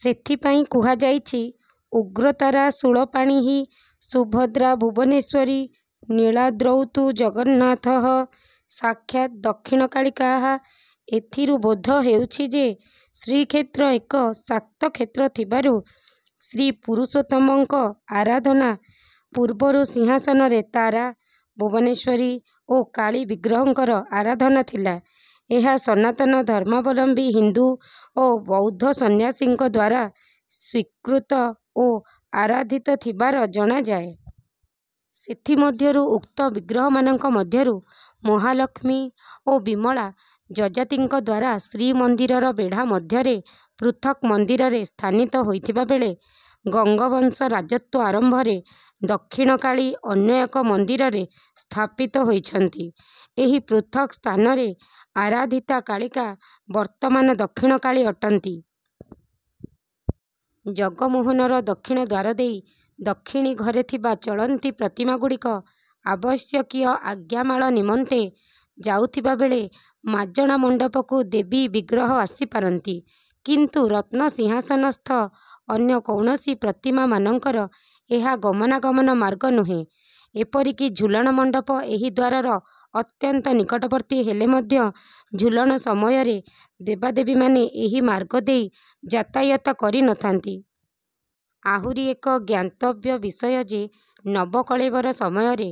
ସେଥିପାଇଁ କୁହାଯାଇଛି:"ଉଗ୍ରତାରା ଶୂଳପାଣିଃ ସୁଭଦ୍ରା ଭୁବନେଶ୍ୱରୀ ନୀଳାଦ୍ରୌ ତୁ ଜଗନ୍ନାଥଃ ସାକ୍ଷାତ୍ ଦକ୍ଷିଣ କାଳିକାଃ ଏଥିରୁ ବୋଧ ହେଉଛି ଯେ, ଶ୍ରୀକ୍ଷେତ୍ର ଏକ ଶାକ୍ତକ୍ଷେତ୍ର ଥିବାରୁ ଶ୍ରୀପୁରୁଷୋତ୍ତମଙ୍କ ଆରାଧନା ପୂର୍ବରୁ ସିଂହାସନରେ ତାରା, ଭୁବନେଶ୍ୱରୀ ଓ କାଳୀ ବିଗ୍ରହଙ୍କର ଆରାଧନା ଥିଲା। ଏହା ସନାତନ ଧର୍ମାବଲମ୍ବୀ ହିନ୍ଦୁ ଓ ବୌଦ୍ଧ ସନ୍ନ୍ୟାସୀଙ୍କ ଦ୍ୱାରା ସ୍ୱୀକୃତ ଓ ଆରାଧିତ ଥିବାର ଜଣାଯାଏ। ସେଥିମଧ୍ୟରୁ ଉକ୍ତ ବିଗ୍ରହମାନଙ୍କ ମଧ୍ୟରୁ ମହାଲକ୍ଷ୍ମୀ ଓ ବିମଳା, ଯଯାତିଙ୍କ ଦ୍ୱାରା ଶ୍ରୀମନ୍ଦିରର ବେଢ଼ା ମଧ୍ୟରେ ପୃଥକ୍ ମନ୍ଦିରରେ ସ୍ଥାନିତ ହୋଇଥିବା ବେଳେ ଗଙ୍ଗବଂଶ ରାଜତ୍ୱ ଆରମ୍ଭରେ ଦକ୍ଷିଣକାଳୀ ଅନ୍ୟ ଏକ ମନ୍ଦିରରେ ସ୍ଥାପିତ ହୋଇଛନ୍ତି। ଏହି ପୃଥକ୍ ସ୍ଥାନରେ ଆରାଧିତା କାଳିକା ବର୍ତ୍ତମାନ ଦକ୍ଷିଣକାଳୀ ଅଟନ୍ତି। ଜଗମୋହନର ଦକ୍ଷିଣ ଦ୍ୱାର ଦେଇ ଦକ୍ଷିଣୀ ଘରେ ଥିବା ଚଳନ୍ତି ପ୍ରତିମାଗୁଡ଼ିକ ଆବଶ୍ୟକୀୟ ଆଜ୍ଞାମାଳ ନିମନ୍ତେ ଯାଉଥିବା ବେଳେ ମାଜଣା ମଣ୍ଡପକୁ ଦେବୀ ବିଗ୍ରହ ଆସିପାରନ୍ତି; କିନ୍ତୁ ରତ୍ନସିଂହାସନସ୍ଥ ଅନ୍ୟ କୌଣସି ପ୍ରତିମାମାନଙ୍କର ଏହା ଗମନାଗମନ ମାର୍ଗ ନୁହେଁ। ଏପରିକି ଝୁଲଣ ମଣ୍ଡପ ଏହି ଦ୍ୱାରର ଅତ୍ୟନ୍ତ ନିକଟବର୍ତ୍ତୀ ହେଲେ ମଧ୍ୟ ଝୁଲଣ ସମୟରେ ଦେବାଦେବୀମାନେ ଏହି ମାର୍ଗ ଦେଇ ଯାତାୟାତ କରିନଥାନ୍ତି। ଆହୁରି ଏକ ଜ୍ଞାତବ୍ୟ ବିଷୟ ଯେ, ନବକଳେବର ସମୟରେ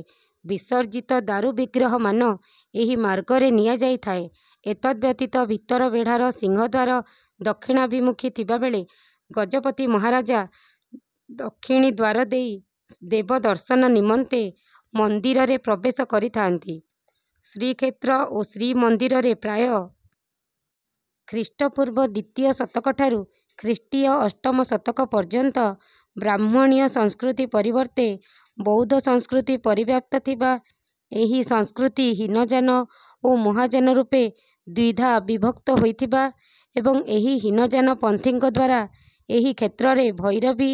ବିସର୍ଜିତ ଦାରୁବିଗ୍ରହମାନ ଏହି ମାର୍ଗରେ ନିଆଯାଇଥାଏ। ଏତଦ୍‌ବ୍ୟତୀତ ଭିତର ବେଢ଼ାର ସିଂହଦ୍ୱାର ଦକ୍ଷିଣାଭିମୁଖୀ ଥିବା ବେଳେ ଗଜପତି ମହାରାଜା ଦକ୍ଷିଣୀ ଦ୍ୱାର ଦେଇ ଦେବଦର୍ଶନ ନିମନ୍ତେ ମନ୍ଦିରରେ ପ୍ରବେଶ କରିଥାଆନ୍ତି। ଶ୍ରୀକ୍ଷେତ୍ର ଓ ଶ୍ରୀମନ୍ଦିରରେ ପ୍ରାୟ ଖ୍ରୀଷ୍ଟପୂର୍ବ ଦ୍ୱିତୀୟ ଶତକଠାରୁ ଖ୍ରୀଷ୍ଟୀୟ ଅଷ୍ଟମ ଶତକ ପର୍ଯ୍ୟନ୍ତ ବ୍ରାହ୍ମଣ୍ୟ ସଂସ୍କୃତି ପରିବର୍ତ୍ତେ ବୌଦ୍ଧ ସଂସ୍କୃତି ପରିବ୍ୟାପ୍ତ ଥିବା, ଏହି ସଂସ୍କୃତି ହୀନଯାନ ଓ ମହାଯାନ ରୂପେ ଦ୍ୱିଧା ବିଭକ୍ତ ହୋଇଥିବା ଏବଂ ଏହି ହୀନଯାନପନ୍ଥୀଙ୍କ ଦ୍ୱାରା ଏହି କ୍ଷେତ୍ରରେ ଭୈରବୀ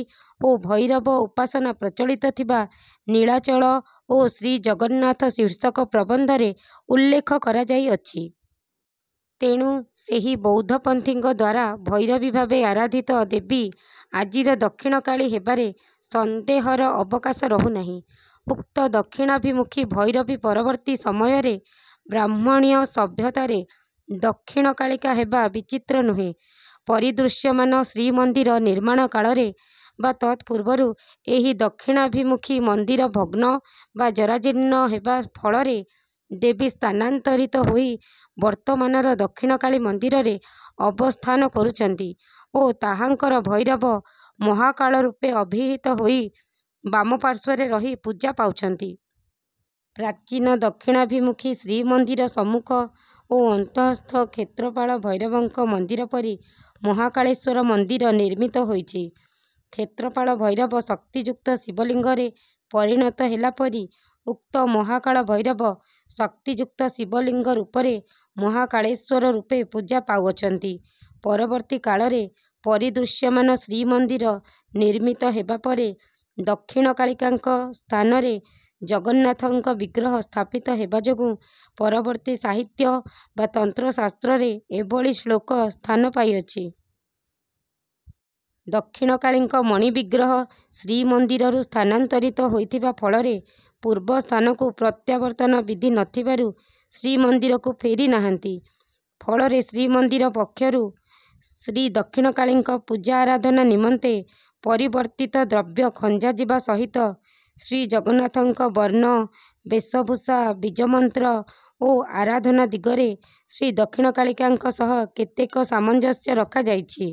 ଓ ଭୈରବ ଉପାସନା ପ୍ରଚଳିତ ଥିବା "ନୀଳାଚଳ ଓ ଶ୍ରୀଜଗନ୍ନାଥ" ଶୀର୍ଷକ ପ୍ରବନ୍ଧରେ ଉଲ୍ଲେଖ କରାଯାଇଅଛି। ତେଣୁ ସେହି ବୌଦ୍ଧପନ୍ଥୀଙ୍କ ଦ୍ୱାରା ଭୈରବୀ ଭାବେ ଆରାଧିତ ଦେବୀ ଆଜିର ଦକ୍ଷିଣକାଳୀ ହେବାରେ ସନ୍ଦେହର ଅବକାଶ ରହୁନାହିଁ। ଉକ୍ତ ଦକ୍ଷିଣାଭିମୁଖୀ ଭୈରବୀ ପରବର୍ତ୍ତୀ ସମୟରେ ବ୍ରାହ୍ମଣ୍ୟ ସଭ୍ୟତାରେ 'ଦକ୍ଷିଣକାଳିକା' ହେବା ବିଚିତ୍ର ନୁହେଁ। ପରିଦୃଶ୍ୟମାନ ଶ୍ରୀମନ୍ଦିର ନିର୍ମାଣ କାଳରେ ବା ତତ୍‌ପୂର୍ବରୁ ଏହି ଦକ୍ଷିଣାଭିମୁଖୀ ମନ୍ଦିର ଭଗ୍ନ ବା ଜରାଜୀର୍ଣ୍ଣ ହେବା ଫଳରେ ଦେବୀ ସ୍ଥାନାନ୍ତରିତ ହୋଇ ବର୍ତ୍ତମାନର ଦକ୍ଷିଣକାଳୀ ମନ୍ଦିରରେ ଅବସ୍ଥାନ କରୁଛନ୍ତି ଓ ତାହାଙ୍କର ଭୈରବ 'ମହାକାଳ' ରୂପେ ଅଭିହିତ ହୋଇ ବାମପାର୍ଶ୍ୱରେ ରହି ପୂଜା ପାଉଛନ୍ତି। ପ୍ରାଚୀନ ଦକ୍ଷିଣାଭିମୁଖୀ ଶ୍ରୀମନ୍ଦିର ସମ୍ମୁଖ ଓ ଅନ୍ତଃସ୍ଥ କ୍ଷେତ୍ରପାଳ ଭୈରବଙ୍କ ମନ୍ଦିର ପରି ମହାକାଳେଶ୍ୱର ମନ୍ଦିର ନିର୍ମିତ ହୋଇଛି। କ୍ଷେତ୍ରପାଳ ଭୈରବ ଶକ୍ତିଯୁକ୍ତ ଶିବଲିଙ୍ଗରେ ପରିଣତ ହେଲା ପରି ଉକ୍ତ ମହାକାଳ ଭୈରବ ଶକ୍ତିଯୁକ୍ତ ଶିବଲିଙ୍ଗ ରୂପରେ 'ମହାକାଳେଶ୍ୱର' ରୂପେ ପୂଜା ପାଉଅଛନ୍ତି। ପରବର୍ତ୍ତୀ କାଳରେ ପରିଦୃଶ୍ୟମାନ ଶ୍ରୀମନ୍ଦିର ନିର୍ମିତ ହେବା ପରେ ଦକ୍ଷିଣକାଳିକାଙ୍କ ସ୍ଥାନରେ ଜଗନ୍ନାଥଙ୍କ ବିଗ୍ରହ ସ୍ଥାପିତ ହେବା ଯୋଗୁଁ ପରବର୍ତ୍ତୀ ସାହିତ୍ୟ ବା ତନ୍ତ୍ରଶାସ୍ତ୍ରରେ ଏଭଳି ଶ୍ଳୋକ ସ୍ଥାନ ପାଇଅଛି। ଦକ୍ଷିଣକାଳୀଙ୍କ ମଣିବିଗ୍ରହ ଶ୍ରୀମନ୍ଦିରରୁ ସ୍ଥାନାନ୍ତରିତ ହୋଇଥିବା ଫଳରେ, ପୂର୍ବସ୍ଥାନକୁ ପ୍ରତ୍ୟାବର୍ତ୍ତନ ବିଧି ନଥିବାରୁ ଶ୍ରୀମନ୍ଦିରକୁ ଫେରିନାହାନ୍ତି। ଫଳରେ ଶ୍ରୀମନ୍ଦିର ପକ୍ଷରୁ ଶ୍ରୀଦକ୍ଷିଣକାଳୀଙ୍କ ପୂଜା ଆରାଧନା ନିମନ୍ତେ ପରିବର୍ତ୍ତିତ ଦ୍ରବ୍ୟ ଖଞ୍ଜାଯିବା ସହିତ ଶ୍ରୀଜଗନ୍ନାଥଙ୍କ ବର୍ଣ୍ଣ, ବେଶଭୂଷା, ବୀଜମନ୍ତ୍ର ଓ ଆରାଧନା ଦିଗରେ ଶ୍ରୀଦକ୍ଷିଣକାଳିକାଙ୍କ ସହ କେତେକ ସାମଞ୍ଜସ୍ୟ ରଖାଯାଇଛି।